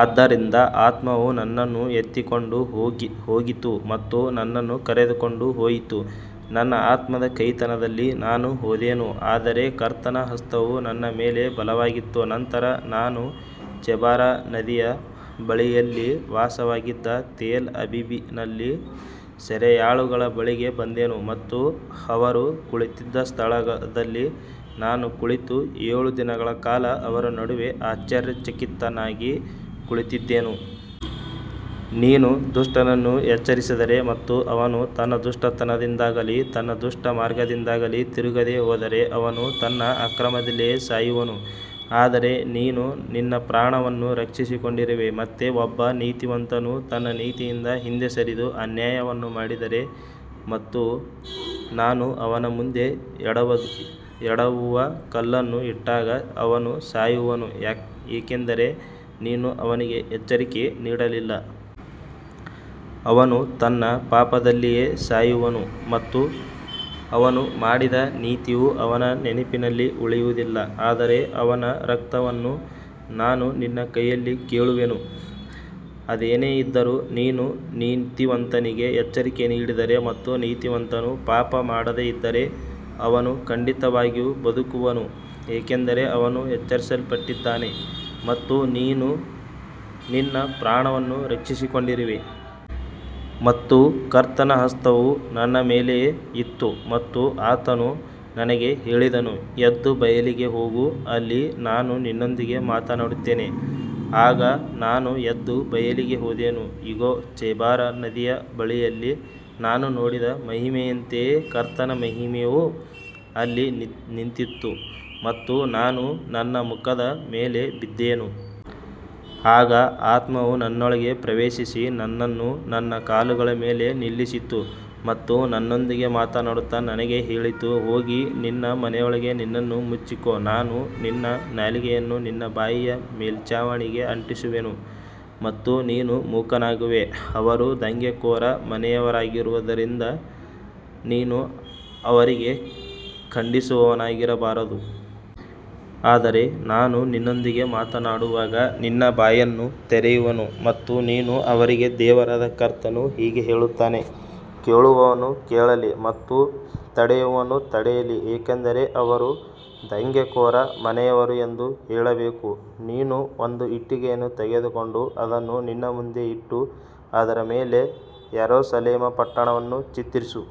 ಆದ್ದರಿಂದ ಆತ್ಮವು ನನ್ನನ್ನು ಎತ್ತಿಕೊಂಡು ಹೋಗಿತು ಮತ್ತು ನನ್ನನ್ನು ಕರೆದುಕೊಂಡು ಹೋಯಿತು. ನನ್ನ ಆತ್ಮದ ಕಹಿತನದಲ್ಲಿ ನಾನು ಹೋದೆನು, ಆದರೆ ಕರ್ತನ ಹಸ್ತವು ನನ್ನ ಮೇಲೆ ಬಲವಾಗಿತ್ತು. ನಂತರ ನಾನು ಚೆಬಾರ್ ನದಿಯ ಬಳಿಯಲ್ಲಿ ವಾಸವಾಗಿದ್ದ ತೆಲ್ ಅಬೀಬಿನಲ್ಲಿ ಸೆರೆಯಾಳುಗಳ ಬಳಿಗೆ ಬಂದೆನು ಮತ್ತು ಅವರು ಕುಳಿತಿದ್ದ ಸ್ಥಳದಲ್ಲಿ ನಾನು ಕುಳಿತು ಏಳು ದಿನಗಳ ಕಾಲ ಅವರ ನಡುವೆ ಆಶ್ಚರ್ಯಚಕಿತನಾಗಿ ಕುಳಿತಿದ್ದೆನು. ನೀನು ದುಷ್ಟನನ್ನು ಎಚ್ಚರಿಸಿದರೆ ಮತ್ತು ಅವನು ತನ್ನ ದುಷ್ಟತನದಿಂದಾಗಲಿ ತನ್ನ ದುಷ್ಟ ಮಾರ್ಗದಿಂದಾಗಲಿ ತಿರುಗದೆ ಹೋದರೆ, ಅವನು ತನ್ನ ಅಕ್ರಮದಲ್ಲಿಯೇ ಸಾಯುವನು, ಆದರೆ ನೀನು ನಿನ್ನ ಪ್ರಾಣವನ್ನು ರಕ್ಷಿಸಿಕೊಂಡಿರುವೆ. ಮತ್ತೆ ಒಬ್ಬ ನೀತಿವಂತನು ತನ್ನ ನೀತಿಯಿಂದ ಹಿಂದೆ ಸರಿದು ಅನ್ಯಾಯವನ್ನು ಮಾಡಿದರೆ ಮತ್ತು ನಾನು ಅವನ ಮುಂದೆ ಎಡವುವ ಕಲ್ಲನ್ನು ಇಟ್ಟಾಗ ಅವನು ಸಾಯುವನು, ಏಕೆಂದರೆ ನೀನು ಅವನಿಗೆ ಎಚ್ಚರಿಕೆ ನೀಡಲಿಲ್ಲ. ಅವನು ತನ್ನ ಪಾಪದಲ್ಲಿಯೇ ಸಾಯುವನು ಮತ್ತು ಅವನು ಮಾಡಿದ ನೀತಿಯು ಅವನ ನೆನಪಿನಲ್ಲಿ ಉಳಿಯುವುದಿಲ್ಲ, ಆದರೆ ಅವನ ರಕ್ತವನ್ನು ನಾನು ನಿನ್ನ ಕೈಯಲ್ಲಿ ಕೇಳುವೆನು. ಅದೇನೇ ಇದ್ದರೂ, ನೀನು ನೀತಿವಂತನಿಗೆ ಎಚ್ಚರಿಕೆ ನೀಡಿದರೆ ಮತ್ತು ನೀತಿವಂತನು ಪಾಪ ಮಾಡದೆ ಇದ್ದರೆ, ಅವನು ಖಂಡಿತವಾಗಿಯೂ ಬದುಕುವನು, ಏಕೆಂದರೆ ಅವನು ಎಚ್ಚರಿಸಲ್ಪಟ್ಟಿದ್ದಾನೆ ಮತ್ತು ನೀನು ನಿನ್ನ ಪ್ರಾಣವನ್ನು ರಕ್ಷಿಸಿಕೊಂಡಿರುವೆ. ಮತ್ತು ಕರ್ತನ ಹಸ್ತವು ನನ್ನ ಮೇಲೆ ಇತ್ತು ಮತ್ತು ಆತನು ನನಗೆ ಹೇಳಿದನು, ಎದ್ದು ಬಯಲಿಗೆ ಹೋಗು, ಅಲ್ಲಿ ನಾನು ನಿನ್ನೊಂದಿಗೆ ಮಾತನಾಡುತ್ತೇನೆ. ಆಗ ನಾನು ಎದ್ದು ಬಯಲಿಗೆ ಹೋದೆನು. ಇಗೋ, ಚೆಬಾರ್ ನದಿಯ ಬಳಿಯಲ್ಲಿ ನಾನು ನೋಡಿದ ಮಹಿಮೆಯಂತೆಯೇ ಕರ್ತನ ಮಹಿಮೆಯು ಅಲ್ಲಿ ನಿಂತಿತ್ತು ಮತ್ತು ನಾನು ನನ್ನ ಮುಖದ ಮೇಲೆ ಬಿದ್ದೆನು. ಆಗ ಆತ್ಮವು ನನ್ನೊಳಗೆ ಪ್ರವೇಶಿಸಿ ನನ್ನನ್ನು ನನ್ನ ಕಾಲುಗಳ ಮೇಲೆ ನಿಲ್ಲಿಸಿತು ಮತ್ತು ನನ್ನೊಂದಿಗೆ ಮಾತನಾಡುತ್ತಾ ನನಗೆ ಹೇಳಿತು, ಹೋಗಿ ನಿನ್ನ ಮನೆಯೊಳಗೆ ನಿನ್ನನ್ನು ಮುಚ್ಚಿಕೋ. ನಾನು ನಿನ್ನ ನಾಲಿಗೆಯನ್ನು ನಿನ್ನ ಬಾಯಿಯ ಮೇಲ್ಛಾವಣಿಗೆ ಅಂಟಿಸುವೆನು ಮತ್ತು ನೀನು ಮೂಕನಾಗುವೆ, ಅವರು ದಂಗೆಕೋರ ಮನೆಯವರಾಗಿರುವುದರಿಂದ ನೀನು ಅವರಿಗೆ ಖಂಡಿಸುವವನಾಗಿರಬಾರದು. ಆದರೆ ನಾನು ನಿನ್ನೊಂದಿಗೆ ಮಾತನಾಡುವಾಗ ನಿನ್ನ ಬಾಯನ್ನು ತೆರೆಯುವೆನು ಮತ್ತು ನೀನು ಅವರಿಗೆ, ದೇವರಾದ ಕರ್ತನು ಹೀಗೆ ಹೇಳುತ್ತಾನೆ, ಕೇಳುವವನು ಕೇಳಲಿ ಮತ್ತು ತಡೆಯುವವನು ತಡೆಯಲಿ, ಏಕೆಂದರೆ ಅವರು ದಂಗೆಕೋರ ಮನೆಯವರು ಎಂದು ಹೇಳಬೇಕು. ನೀನು ಒಂದು ಇಟ್ಟಿಗೆಯನ್ನು ತೆಗೆದುಕೊಂಡು ಅದನ್ನು ನಿನ್ನ ಮುಂದೆ ಇಟ್ಟು ಅದರ ಮೇಲೆ ಯೆರೂಸಲೇಮ್ ಪಟ್ಟಣವನ್ನು ಚಿತ್ರಿಸು.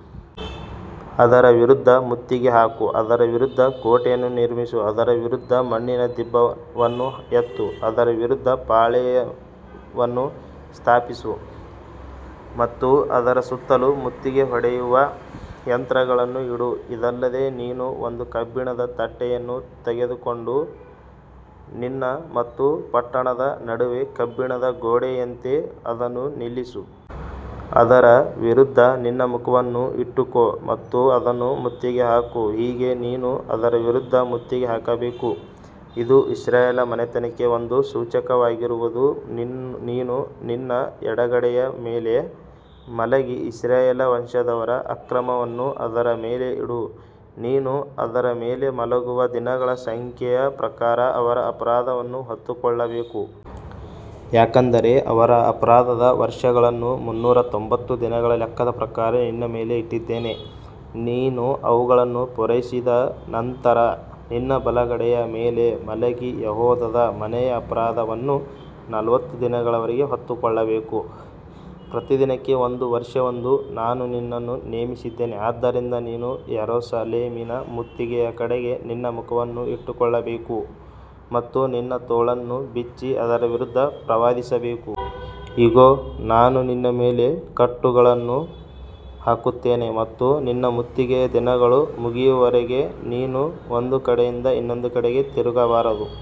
ಅದರ ವಿರುದ್ಧ ಮುತ್ತಿಗೆ ಹಾಕು, ಅದರ ವಿರುದ್ಧ ಕೋಟೆಯನ್ನು ನಿರ್ಮಿಸು, ಅದರ ವಿರುದ್ಧ ಮಣ್ಣಿನ ದಿಬ್ಬವನ್ನು ಎತ್ತು, ಅದರ ವಿರುದ್ಧ ಪಾಳೆಯವನ್ನು ಸ್ಥಾಪಿಸು ಮತ್ತು ಅದರ ಸುತ್ತಲೂ ಮುತ್ತಿಗೆ ಹೊಡೆಯುವ ಯಂತ್ರಗಳನ್ನು ಇಡು. ಇದಲ್ಲದೆ ನೀನು ಒಂದು ಕಬ್ಬಿಣದ ತಟ್ಟೆಯನ್ನು ತೆಗೆದುಕೊಂಡು ನಿನ್ನ ಮತ್ತು ಪಟ್ಟಣದ ನಡುವೆ ಕಬ್ಬಿಣದ ಗೋಡೆಯಂತೆ ಅದನ್ನು ನಿಲ್ಲಿಸು. ಅದರ ವಿರುದ್ಧ ನಿನ್ನ ಮುಖವನ್ನು ಇಟ್ಟುಕೋ ಮತ್ತು ಅದನ್ನು ಮುತ್ತಿಗೆ ಹಾಕು, ಹೀಗೆ ನೀನು ಅದರ ವಿರುದ್ಧ ಮುತ್ತಿಗೆ ಹಾಕಬೇಕು. ಇದು ಇಸ್ರಾಯೇಲ್ ಮನೆತನಕ್ಕೆ ಒಂದು ಸೂಚಕವಾಗಿರುವುದು. ನೀನು ನಿನ್ನ ಎಡಗಡೆಯ ಮೇಲೆ ಮಲಗಿ ಇಸ್ರಾಯೇಲ್ ವಂಶದವರ ಅಕ್ರಮವನ್ನು ಅದರ ಮೇಲೆ ಇಡು. ನೀನು ಅದರ ಮೇಲೆ ಮಲಗುವ ದಿನಗಳ ಸಂಖ್ಯೆಯ ಪ್ರಕಾರ ಅವರ ಅಪರಾಧವನ್ನು ಹೊತ್ತುಕೊಳ್ಳಬೇಕು. ಯಾಕಂದರೆ ಅವರ ಅಪರಾಧದ ವರ್ಷಗಳನ್ನು ಮುನ್ನೂರ ತೊಂಬತ್ತು ದಿನಗಳ ಲೆಕ್ಕದ ಪ್ರಕಾರ ನಿನ್ನ ಮೇಲೆ ಇಟ್ಟಿದ್ದೇನೆ. ನೀನು ಅವುಗಳನ್ನು ಪೂರೈಸಿದ ನಂತರ ನಿನ್ನ ಬಲಗಡೆಯ ಮೇಲೆ ಮಲಗಿ ಯೆಹೂದದ ಮನೆಯ ಅಪರಾಧವನ್ನು ನಲವತ್ತು ದಿನಗಳವರೆಗೆ ಹೊತ್ತುಕೊಳ್ಳಬೇಕು. ಪ್ರತಿದಿನಕ್ಕೆ ಒಂದು ವರ್ಷವೆಂದು ನಾನು ನಿನ್ನನ್ನು ನೇಮಿಸಿದ್ದೇನೆ. ಆದ್ದರಿಂದ ನೀನು ಯೆರೂಸಲೇಮಿನ ಮುತ್ತಿಗೆಯ ಕಡೆಗೆ ನಿನ್ನ ಮುಖವನ್ನು ಇಟ್ಟುಕೊಳ್ಳಬೇಕು ಮತ್ತು ನಿನ್ನ ತೋಳನ್ನು ಬಿಚ್ಚಿ ಅದರ ವಿರುದ್ಧ ಪ್ರವಾದಿಸಬೇಕು. ಇಗೋ, ನಾನು ನಿನ್ನ ಮೇಲೆ ಕಟ್ಟುಗಳನ್ನು ಹಾಕುತ್ತೇನೆ ಮತ್ತು ನಿನ್ನ ಮುತ್ತಿಗೆಯ ದಿನಗಳು ಮುಗಿಯುವವರೆಗೆ ನೀನು ಒಂದು ಕಡೆಯಿಂದ ಇನ್ನೊಂದು ಕಡೆಗೆ ತಿರುಗಬಾರದು.